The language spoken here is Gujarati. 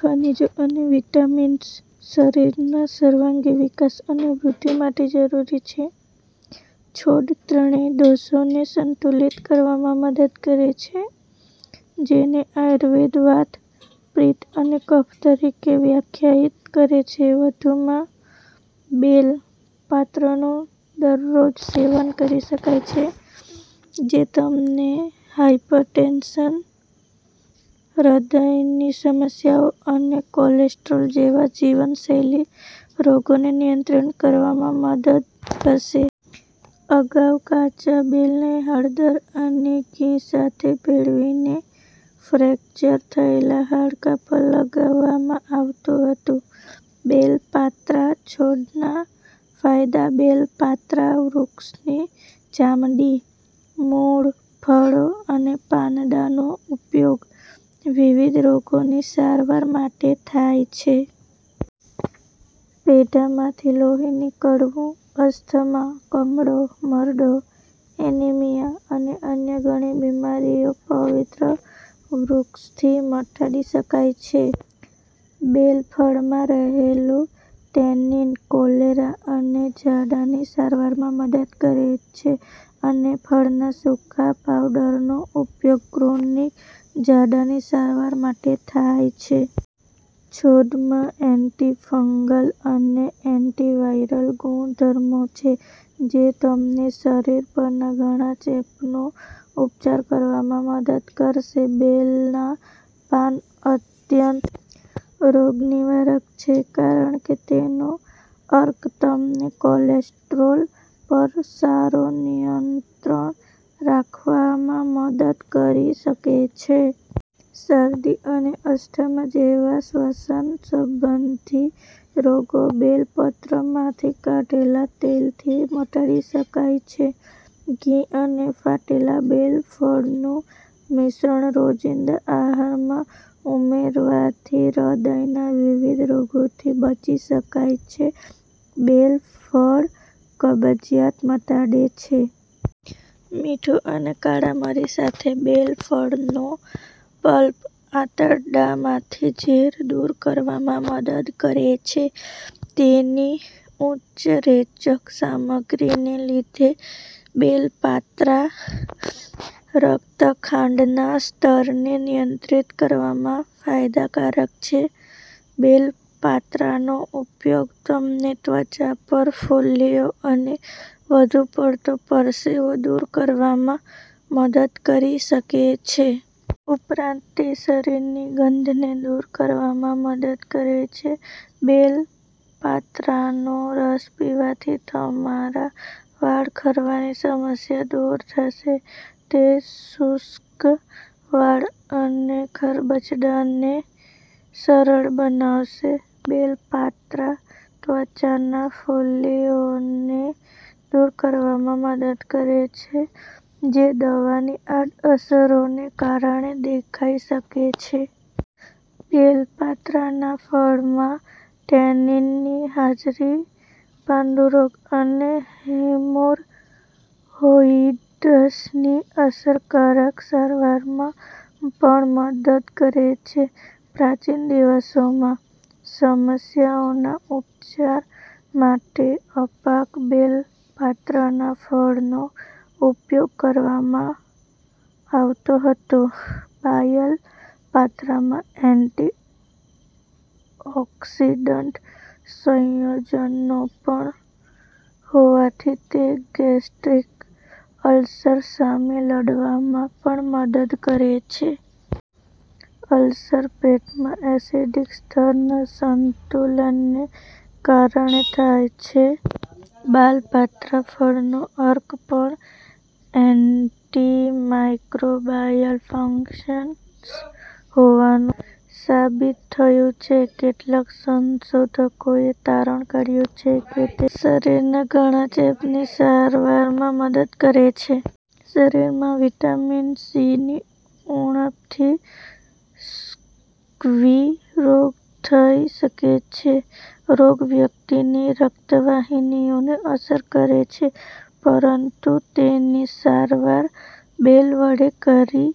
ખનિજો અને વિટામિન્સ શરીરના સર્વાંગી વિકાસ અને વૃદ્ધિ માટે જરૂરી છે. છોડ ત્રણેય દોષોને સંતુલિત કરવામાં મદદ કરે છે, જેને આયુર્વેદ વાત, પિત્ત અને કફ તરીકે વ્યાખ્યાયિત કરે છે. વધુમાં, બેલ પાત્રનું દરરોજ સેવન કરી શકાય છે, જે તમને હાયપરટેન્શન, હૃદયની સમસ્યાઓ અને કોલેસ્ટ્રોલ જેવા જીવનશૈલી રોગોને નિયંત્રિત કરવામાં મદદ કરશે. અગાઉ, કાચા બેલને હળદર અને ઘી સાથે ભેળવીને ફ્રેક્ચર થયેલા હાડકાં પર લગાવવામાં આવતું હતું. બેલ પાત્રા છોડના ફાયદા બેલ પાત્રા વૃક્ષની ચામડી, મૂળ, ફળો અને પાંદડાંનો ઉપયોગ વિવિધ રોગોની સારવાર માટે થાય છે. પેઢામાંથી લોહી નીકળવું, અસ્થમા, કમળો, મરડો, એનિમિયા અને અન્ય ઘણી બીમારીઓ પવિત્ર વૃક્ષથી મટાડી શકાય છે. બેલ ફળમાં રહેલું ટેનીન કોલેરા અને ઝાડાની સારવારમાં મદદ કરે છે અને ફળના સૂકા પાવડરનો ઉપયોગ ક્રોનિક ઝાડાની સારવાર માટે થાય છે. છોડમાં એન્ટિફંગલ અને એન્ટિવાયરલ ગુણધર્મો છે જે તમને શરીર પરના ઘણા ચેપનો ઉપચાર કરવામાં મદદ કરશે. બેલના પાન અત્યંત રોગનિવારક છે કારણ કે તેનો અર્ક તમને કોલેસ્ટ્રોલ પર સારો નિયંત્રણ રાખવામાં મદદ કરી શકે છે. શરદી અને અસ્થમા જેવા શ્વસન સંબંધી રોગો બેલ પત્રમાંથી કાઢેલા તેલથી મટાડી શકાય છે. ઘી અને ફાટેલા બેલ ફળનું મિશ્રણ રોજિંદા આહારમાં ઉમેરવાથી હૃદયના વિવિધ રોગોથી બચી શકાય છે. બેલ ફળ કબજિયાત મટાડે છે. મીઠું અને કાળા મરી સાથે બેલ ફળનો પલ્પ આંતરડામાંથી ઝેર દૂર કરવામાં મદદ કરે છે. તેની ઉચ્ચ રેચક સામગ્રીને લીધે, બેલ પાત્રા રક્ત ખાંડના સ્તરને નિયંત્રિત કરવામાં ફાયદાકારક છે. બેલ પાત્રાનો ઉપયોગ તમને ત્વચા પર ફોલ્લીઓ અને વધુ પડતો પરસેવો દૂર કરવામાં મદદ કરી શકે છે. ઉપરાંત, તે શરીરની ગંધને દૂર કરવામાં મદદ કરે છે. બેલ પાત્રાનો રસ પીવાથી તમારા વાળ ખરવાની સમસ્યા દૂર થશે. તે શુષ્ક વાળ અને ખરબચડાને સરળ બનાવશે. બેલ પાત્રા ત્વચાના ફોલ્લીઓને દૂર કરવામાં મદદ કરે છે જે દવાની આડઅસરોને કારણે દેખાઈ શકે છે. બેલ પાત્રાના ફળમાં ટેનીનની હાજરી પાંડુરોગ અને હેમોરહોઇડ્સની અસરકારક સારવારમાં પણ મદદ કરે છે. પ્રાચીન દિવસોમાં, સમસ્યાઓના ઉપચાર માટે અપાક બેલ પાત્રના ફળનો ઉપયોગ કરવામાં આવતો હતો. બાયલ પાત્રામાં એન્ટી-ઓક્સિડન્ટ સંયોજનો પણ હોવાથી તે ગેસ્ટ્રિક અલ્સર સામે લડવામાં પણ મદદ કરે છે. અલ્સર પેટમાં એસિડિક સ્તરના અસંતુલનને કારણે થાય છે. બાલ પાત્રા ફળનો અર્ક પણ એન્ટિમાઇક્રોબાયલ ફંક્શન્સ હોવાનું સાબિત થયું છે. કેટલાક સંશોધકોએ તારણ કાઢ્યું છે કે તે શરીરના ઘણા ચેપની સારવારમાં મદદ કરે છે. શરીરમાં વિટામિન સીની ઉણપથી સ્કર્વી રોગ થઈ શકે છે. રોગ વ્યક્તિની રક્તવાહિનીઓને અસર કરે છે પરંતુ તેની સારવાર બેલ વડે કરી